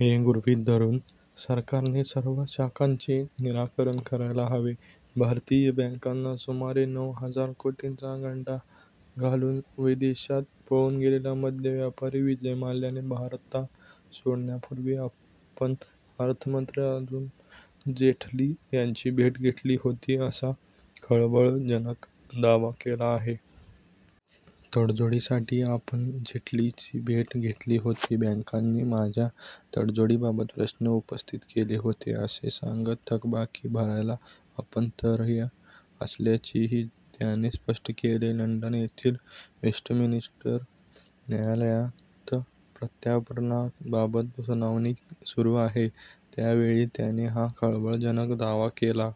हे गृहीत धरून सरकारने सर्व शंकांचे निराकरण करायला हवे. भारतीय बॅंकांना सुमारे नऊ हजार कोटींचा गंडा घालून विदेशात पळून गेलेला मद्य व्यापारी विजय मल्ल्याने भारत सोडण्यापूर्वी आपण अर्थमंत्री अरुण जेटली यांची भेट घेतली होती, असा खळबळजनक दावा केला आहे. तडजोडीसाठी आपण जेटलींची भेट घेतली होती. बॅंकांनी माझ्या तडजोडीबाबत प्रश्न उपस्थित केले होते, असे सांगत थकबाकी भरायला आपण तयार असल्याचेही त्याने स्पष्ट केले. लंडन येथील वेस्टमिनिस्टर न्यायालयात प्रत्यार्पणाबाबत सुनावणी सुरू आहे. त्या वेळी त्याने हा खळबळजनक दावा केला.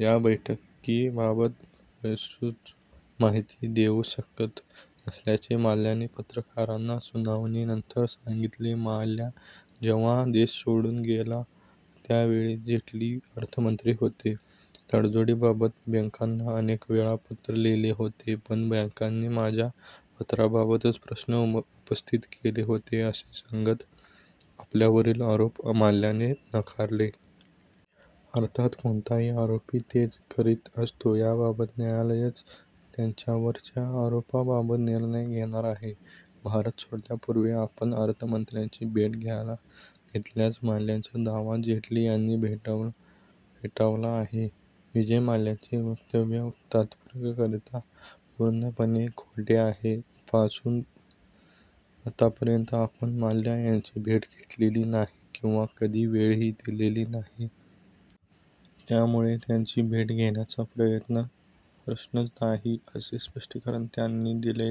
या बैठकीबाबत विस्तृत माहिती देऊ शकत नसल्याचे मल्ल्याने पत्रकारांना सुनावणीनंतर सांगितले. मल्ल्या जेव्हा देश सोडून गेला, त्या वेळी जेटली अर्थमंत्री होते. तडजोडीबाबत बॅंकांना अनेकवेळा पत्र लिहिले होते; पण बॅंकांनी माझ्या पत्रांबाबतच प्रश्न उपस्थित केले होते, असे सांगत आपल्यावरील आरोप मल्ल्या याने नाकारले. अर्थात कोणताही आरोपी तेच करीत असतो. याबाबत न्यायालयच त्याच्यावरच्या आरोपाबाबत निर्णय घेणार आहे. भारत सोडण्यापूर्वी आपण अर्थमंत्र्यांची भेट घेतल्याचा मल्ल्यांचा दावा जेटली यांनी फेटाळला आहे. विजय मल्ल्याचे वक्तव्य तथ्यात्मकरित्या पूर्णपणे खोटे आहे. पासून आतापर्यंत आपण मल्ल्या यांची भेट घेतलेली नाही किंवा कधी वेळही दिलेली नाही. त्यामुळे त्यांची भेट घेण्याचा प्रश्नच नाही, असे स्पष्टीकरण त्यांनी दिले.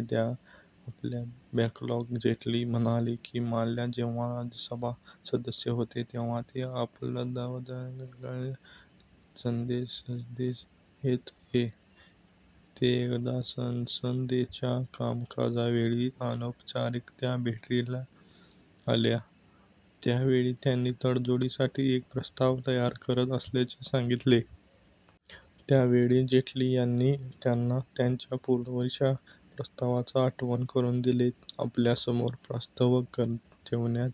आपल्या ब्लॉगमध्ये जेटली म्हणाले, की, मल्ल्या जेव्हा राज्यसभा सदस्य होते, तेव्हा ते अपवादात्मकरित्याच संसदेत येत. ते एकदा संसदेच्या कामकाजावेळी अनौपचारिकत्या भेटीला आले. त्या वेळी त्यांनी तडजोडीसाठी एक प्रस्ताव तयार करत असल्याचे सांगितले. त्या वेळी जेटली यांनी त्यांना त्यांच्या पूर्वीच्या प्रस्तावाची आठवण करून दिले. आपल्यासमोर प्रस्ताव ठेवण्यात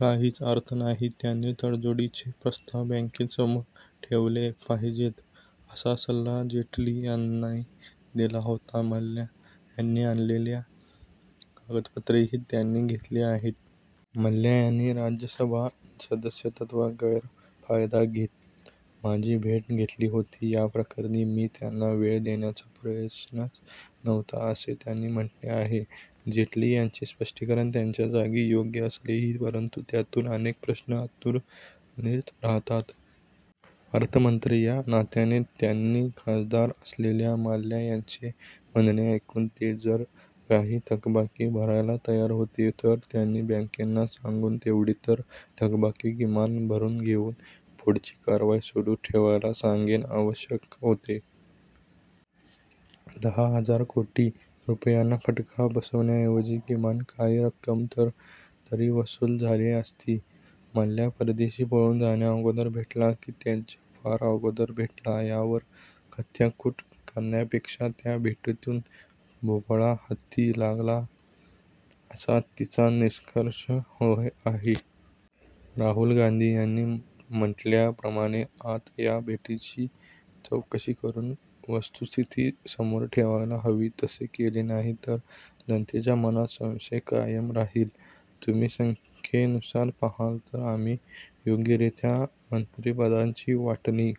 काहीच अर्थ नाही. त्यांनी तडजोडीचे प्रस्ताव बॅंकांसमोर ठेवले पाहिजेत, असा सल्ला जेटली यांनी दिला होता. मल्ल्या यांनी आणलेली कागदपत्रेही त्यांनी घेतली नाहीत. मल्ल्या यांनी राज्यसभा सदस्यत्वाचा गैरफायदा घेत माझी भेट घेतली होती. याप्रकरणी मी त्यांना वेळ देण्याचा प्रश्नच नव्हता, असे त्यांनी म्हटले आहे. जेटली यांचे स्पष्टीकरण त्यांच्या जागी योग्य असेलही परंतु त्यातून अनेक प्रश्न अनुत्तरीत राहतात. अर्थमंत्री या नात्याने त्यांनी खासदार असलेल्या मल्ल्या यांचे म्हणणे ऐकून ते जर काही थकबाकी भरायला तयार होते, तर त्यांनी बॅंकांना सांगून तेवढी तरी थकबाकी किमान भरून घेऊन पुढची कारवाई सुरू ठेवायला सांगणे आवश्यक होते. दहा हजार कोटी रुपयांना फटका बसण्याऐवजी किमान काही रक्कम तरी वसूल झाली असती. मल्ल्या परदेशी पळून जाण्याअगोदर भेटला, की त्याच्या फार अगोदर भेटला, यावर काथ्याकुट करण्यापेक्षा त्या भेटीतून भोपळा हाती लागला, असा तिचा निष्कर्ष आहे. राहुल गांधी यांनी म्हटल्याप्रमाणे आता या भेटीची चौकशी करून वस्तुस्थिती समोर ठेवायला हवी. तसे केले नाही, तर जनतेच्या मनात संशय कायम राहील. तुम्ही संख्येनुसार पाहाल, तर आम्ही योग्यरित्या मंत्रिपदांची वाटणी